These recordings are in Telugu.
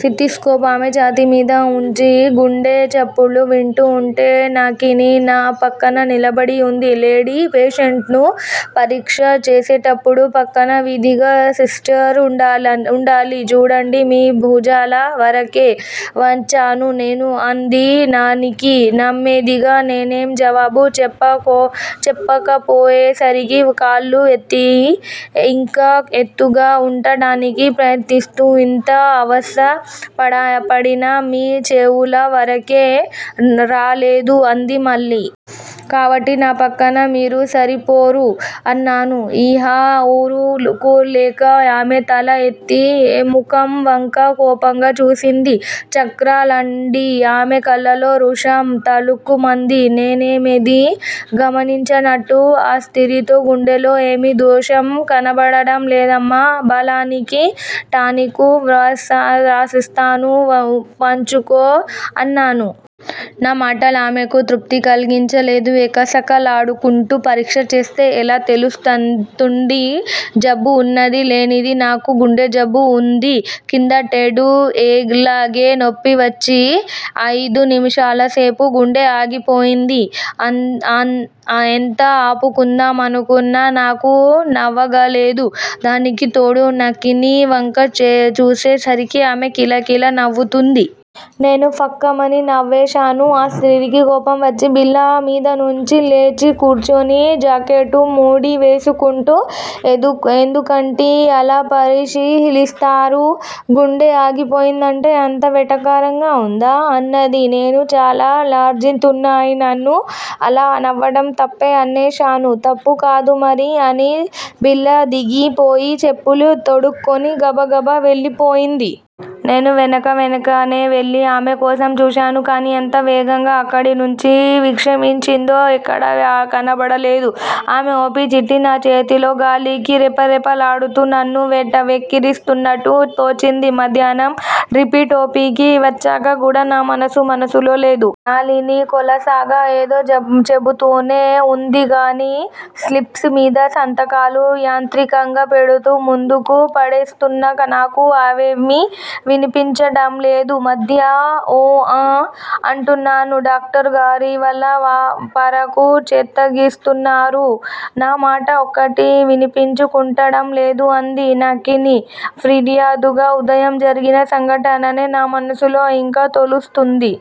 స్టెతస్కోప్ ఆమె ఛాతీమీద వుంచి గుండె చప్పుళ్ళు వింటూ వుంటే, నళిని నా ప్రక్కన నిలబడి వుంది. లేడీ పేషెంటును పరీక్ష చేసేటప్పుడు ప్రక్కన విధిగా సిస్టర్ వుండాలి. చూడండి. మీ భుజాల వరకే వచ్చాను నేను అంది నళిని నెమ్మదిగా. నేనేం జవాబు చెప్పకపోయేసరికి, కాళ్ళు ఎత్తి యింకా ఎత్తుగా వుంటానికి ప్రయత్నిస్తూ ఇంత అవస్థపడినా మీ చెవుల వరకైనా రాలేదు అంది మళ్ళీ. కాబట్టి నా ప్రక్కన మీరు సరిపోరు అన్నాను, యిహ ఊరుకోలేక. ఆమె తల ఎత్తి నాముఖం వంక కోపంగా చూసింది. చక్రాల్లాంటి ఆమె కళ్ళలో రోషం తళుక్కుమంది. నేనదేమీ గమనించనట్లు, ఆ స్త్రీతో గుండెలో ఏమీ దోషం కనబడటం లేదమ్మా! బలానికి టానిక్కులు వ్రాసిస్తాను పుచ్చుకో అన్నాను. నా మాటలు ఆమెకు తృప్తికలిగించలేదు. ఎకసక్కాలాడుకుంటూ పరీక్ష చేస్తే ఎలా తెలుస్తుందండీ, జబ్బు వున్నది లేనిదీ, నాకు గుండెజబ్బు వుంది క్రిందటేడు యిలాగే నొప్పివచ్చి అయిదు నిమిషాలసేపు గుండె ఆగిపోయింది అంది. ఎంత ఆపుకుందామానుకున్నా నాకు నవ్వాగలేదు. దానికి తోడు నళిని వంక చూసేసరికి ఆమె కిల కిల నవ్వుతోంది. నేనూ ఫక్కుమని నవ్వేశాను. ఆ స్త్రీకి కోపం వచ్చి బల్లమీద నుంచి లేచికూర్చుని, జాకెట్టు ముడి వేసుకుంటూ ఎందుకండీ అలా పళ్ళికిలిస్తారు? గుండె ఆగిపోయిందంటే అంత వెటకారంగా వుందా? అన్నది. నేను చాలా లజ్జితుణ్నయినాను అలా నవ్వటం తప్పే అనేశాను. తప్పు కాదూ మరి? అని బల్లదిగిపోయి, చెప్పులు తొడుక్కుని, గబ గబ వెళ్ళిపోయింది. నేను వెనకనే వెళ్ళి ఆమె కోసం చూశాను కాని, ఎంత వేగంగా అక్కడి నుంచి నిష్క్రమించిందో, ఎక్కడా కనబడలేదు ఆమె. ఓ. పి. చీటీ నా చేతిలో గాలికి రెపరెపలాడుతూ నన్ను వెక్కిరిస్తున్నట్లు తోచింది. మధ్యాహ్నం రిపీట్ ఓ. పి. కి వచ్చాక కూడా నా మనసు మనసులో లేదు. నళిని కులాసాగా ఏదో చెబుతూనే వుందిగాని స్లిప్స్ మీద సంతకాలు యాంత్రికంగా పెడుతూ ముందుకు పడేస్తున్న నాకు అవేమీ వినిపించటంలేదు. మధ్య 'ఊ, ఆఁ' అంటున్నాను. డాక్టరుగారివాళ పరాకు చిత్తగిస్తున్నారు నా మాట ఒక్కటీ వినిపించుకోవటం లేదు అంది నళిని ఫిర్యాదుగా. ఉదయం జరిగిన సంఘటనే నా మనసులో యింకా తొలుస్తోంది.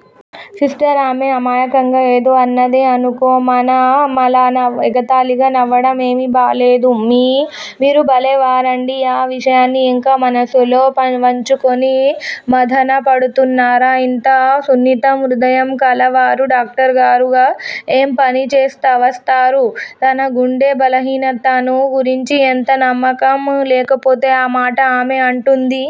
సిస్టర్! ఆమె అమాయకంగా ఏదో అన్నదే అనుకో, మనమలా ఎగతాళిగా నవ్వటం ఏమీ బాగాలేదు. మీరు బలేవారండీ, ఆ విషయాన్ని యింకా మనసులో వుంచుకుని మధనపడుతున్నారా? ఇంత సున్నిత హృదయం కలవారు డాక్టరుగా ఏం పనికి వస్తారు? తన గుండె బలహీనతను గురించి ఎంత నమ్మకం లేకపోతే ఆ మాట ఆమె అంటుంది?